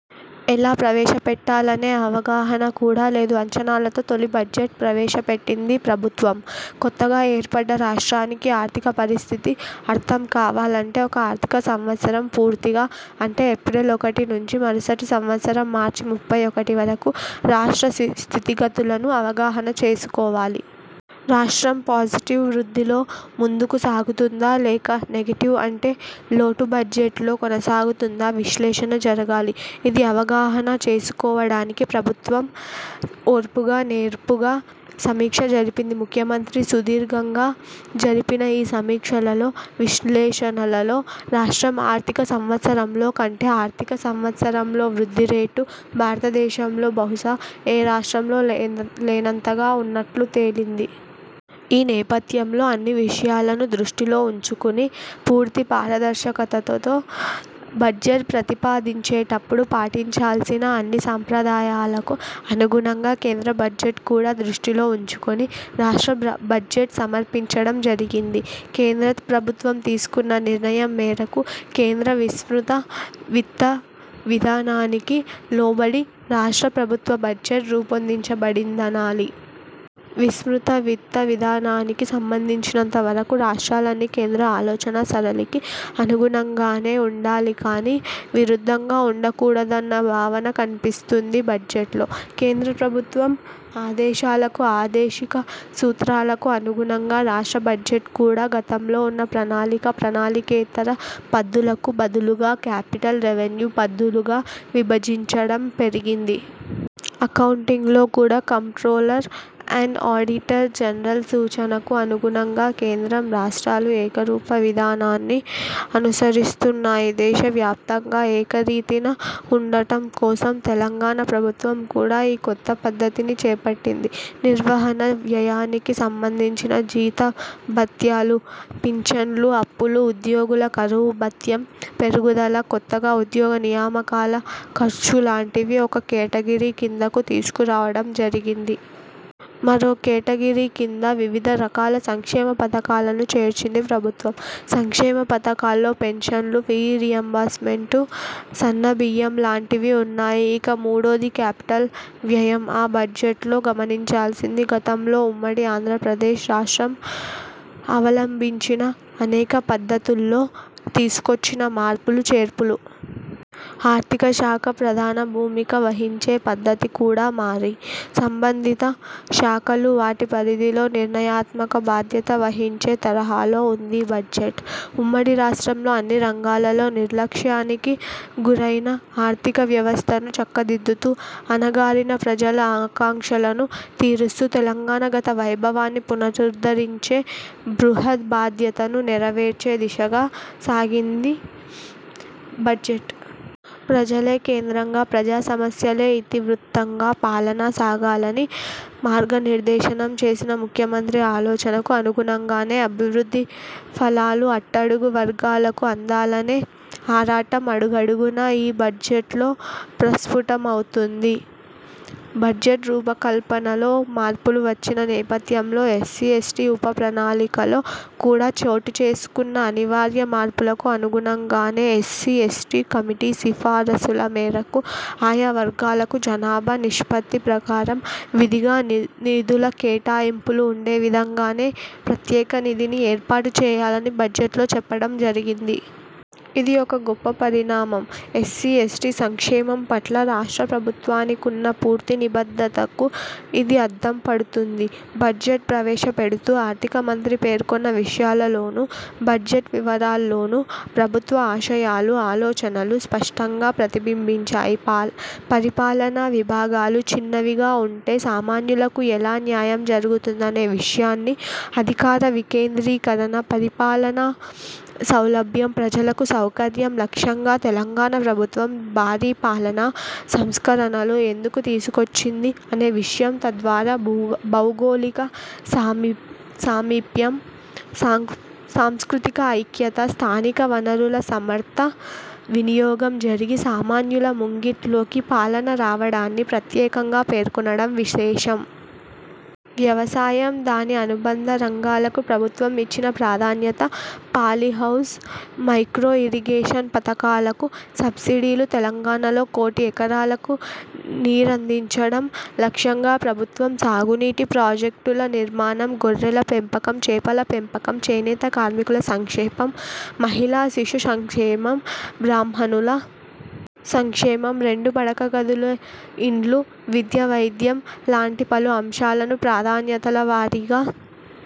ఎలా ప్రవేశపెట్టాలనే అవగాహన కూడా లేదు. అంచనాలతో తొలి బడ్జెట్ ప్రవేశ పెట్టిందీ ప్రభుత్వం. కొత్తగా ఏర్పడ్డ రాష్ట్రానికి ఆర్థిక పరిస్థితి అర్థం కావాలంటే ఒక ఆర్థిక సంవత్సరం పూర్తిగా, అంటే, ఏప్రిల్ ఒకటి నుంచి మరుసటి సంవత్సరం మార్చి ముప్పై ఒకటి వరకు, రాష్ట్ర స్థితిగతులను అవగాహన చేసుకోవాలి. రాష్ట్రం పాజిటివ్ వృద్ధిలో ముందుకు సాగుతుందా, లేక, నెగెటివ్, అంటే లోటు బడ్జెట్లో కొనసాగుతుందా విశ్లేషణ జరగాలి. ఇది అవగాహన చేసుకోవడానికి ప్రభుత్వం ఓర్పుగా, నేర్పుగా సమీక్ష జరిపింది. ముఖ్యమంత్రి సుదీర్ఘంగా జరిపిన ఈ సమీక్షలలో, విశ్లేషణలలో, రాష్ట్రం ఆర్థిక సంవత్సరంలో కంటే, ఆర్థిక సంవత్సరంలో వృద్ధిరేటు, భారతదేశంలో బహుశా, ఏ రాష్ట్రంలో లేనంతగా వున్నట్లు తేలింది. ఈ నేపథ్యంలో, అన్ని విషయాలను దృష్టిలో వుంచుకుని, పూర్తి పారదర్శకతతో, బడ్జెట్ ప్రతిపాదించేటప్పుడు పాటించాల్సిన అన్ని సాంప్రదాయాలకు అనుగుణంగా, కేంద్ర బడ్జెట్ కూడా దృష్టిలో వుంచుకుని రాష్ట్ర బడ్జెట్ సమర్పించడం జరిగింది. కేంద్ర ప్రభుత్వం తీసుకున్న నిర్ణయం మేరకు, కేంద్ర విస్తృత విత్త విధానానికి లోబడి రాష్ట్ర ప్రభుత్వ బడ్జెట్ రూపొందించబడిందనాలి. విస్తృత విత్త విధానానికి సంబంధించినంతవరకు రాష్ట్రాలన్నీ, కేంద్ర ఆలోచనా సరళికి అనుగుణంగానే వుండాలి కాని, విరుద్ధంగా వుండకూడదన్న భావన కనిపిస్తుందీ బడ్జెట్లో. కేంద్ర ప్రభుత్వం ఆదేశాలకు, ఆదేశిక సూత్రాలకు అనుగుణంగా రాష్ట్ర బడ్జెట్ కూడా, గతంలో వున్న ప్రణాళిక, ప్రణాళికేతర పద్దులకు బదులుగా, కాపిటల్, రెవెన్యూ పద్దులుగా విభజించడం జరిగింది. అకౌంటింగ్లో కూడా కంప్ట్రోలర్ అండ్ ఆడిటర్ జనరల్ సూచనకు అనుగుణంగా కేంద్రం, రాష్ట్రాలు ఏకరూప విధానాన్ని అనుసరిస్తున్నాయి. దేశ వ్యాప్తంగా ఏకరీతిన ఉండటం కోసం తెలంగాణ ప్రభుత్వం కూడా ఈ కొత్త పద్ధతిని చేపట్టింది. నిర్వహణ వ్యయానికి సంబంధించిన జీతభత్యాలు, పింఛన్లు, అప్పులు, ఉద్యోగుల కరవు భత్యం పెరుగుదల, కొత్తగా ఉద్యోగ నియామకాల ఖర్చు లాంటివి ఒక కేటగిరీ కిందకు తీసుకురావడం జరిగింది. మరో కేటగిరీ కింద వివిధ రకాల సంక్షేమ పథకాలను చేర్చింది ప్రభుత్వం. సంక్షేమ పథకాల్లో పెన్షన్లు, ఫీజు రీయింబర్స్ మెంట్, సన్న బియ్యం లాంటివి వున్నాయి. ఇక మూడోది క్యాపిటల్ వ్యయం. ఈ బడ్జెట్లో గమనించాల్సింది, గతంలో ఉమ్మడి ఆంధ్రప్రదేశ్ రాష్ట్రం అవలంబించిన అనేక పద్ధతుల్లో తీసుకొచ్చిన మార్పులు, చేర్పులు. ఆర్థిక శాఖ ప్రధాన భూమిక వహించే పద్ధతి కూడా మారి, సంబంధిత శాఖలు వాటి, పరిధిలో నిర్ణయాత్మక బాధ్యత వహించే తరహాలో వుందీ బడ్జెట్. ఉమ్మడి రాష్ట్రంలో అన్ని రంగాలలో నిర్లక్ష్యానికి గురైన ఆర్థిక వ్యవస్థను చక్కదిద్దుతూ, అణగారిన ప్రజల ఆకాంక్షలను తీరుస్తూ, తెలంగాణ గత వైభవాన్ని పునరుద్ధరించే బృహత్ బాధ్యతను నెరవేర్చే దిశగా సాగిందీ బడ్జెట్. ప్రజలే కేంద్రంగా, ప్రజా సమస్యలే ఇతి వృత్తంగా పాలన సాగాలని మార్గ నిర్దేశనం చేసిన ముఖ్యమంత్రి ఆలోచనకు అనుగుణంగానే, అభివృద్ధి ఫలాలు అట్టడుగు వర్గాలకు అందాలనే ఆరాటం అడుగడుగునా ఈ బడ్జెట్లో ప్రస్ఫుటమవుతుంది. బడ్జెట్ రూపకల్పనలో మార్పులు వచ్చిన నేపథ్యంలో ఎస్సీ, ఎస్టీ ఉప ప్రణాళికలో కూడా చోటుచేసుకున్న అనివార్య మార్పులకు అనుగుణంగానే, ఎస్సీ, ఎస్టీ కమిటీ సిఫారసుల మేరకు ఆయా వర్గాలకు జనాభా నిష్పత్తి ప్రకారం విధిగా నిధుల కేటాయింపులు ఉండే విధంగానే ప్రత్యేక నిధిని ఏర్పాటు చేయాలని బడ్జెట్లో చెప్పడం జరిగింది. ఇది ఒక గొప్ప పరిణామం. ఎస్సీ, ఎస్టీ సంక్షేమం పట్ల రాష్ట్ర ప్రభుత్వానికున్న పూర్తి నిబద్ధతకు ఇది అద్దం పడుతుంది. బడ్జెట్ ప్రవేశపెడుతూ ఆర్థిక మంత్రి పేర్కొన్న విషయాలలోనూ, బడ్జెట్ వివరాల్లోనూ, ప్రభుత్వ ఆశయాలు, ఆలోచనలు స్పష్టంగా ప్రతిబింబించాయి. పరిపాలనా విభాగాలు చిన్నవిగా వుంటే సామాన్యులకు ఎలా న్యాయం జరుగుతుందనే విషయాన్నీ, అధికార వికేంద్రీకరణ, పరిపాలనా సౌలభ్యం, ప్రజలకు సౌకర్యం లక్ష్యంగా తెలంగాణ ప్రభుత్వం భారీ పాలనా సంస్కరణలు ఎందుకు తీసుకొచ్చింది అనే విషయం, తద్వారా, భూభౌగోళిక సామీ సామీప్యం, సాం సాంస్కృతిక ఐక్యత, స్థానిక వనరుల సమర్థ వినియోగం జరిగి, సామాన్యుల ముంగిట్లోకి పాలన రావడాన్ని ప్రత్యేకంగా పేర్కొనడం విశేషం. వ్యవసాయం, దాని అనుబంధ రంగాలకు ప్రభుత్వం ఇచ్చిన ప్రాధాన్యత పాలి హౌజ్, మైక్రో ఇరిగేషన్ పథకాలకు సబ్సిడీలు తెలంగాణలో కోటి ఎకరాలకు నీరందించడం లక్ష్యంగా ప్రభుత్వం సాగునీటి ప్రాజెక్టుల నిర్మాణం గొర్రెల పెంపకం చేపల పెంపకం చేనేత కార్మికుల సంక్షేమం మహిళా శిశు సంక్షేమం బ్రాహ్మణుల సంక్షేమం రెండు పడక గదుల ఇండ్లు విద్య వైద్యం లాంటి పలు అంశాలను ప్రాధాన్యతల వారీగా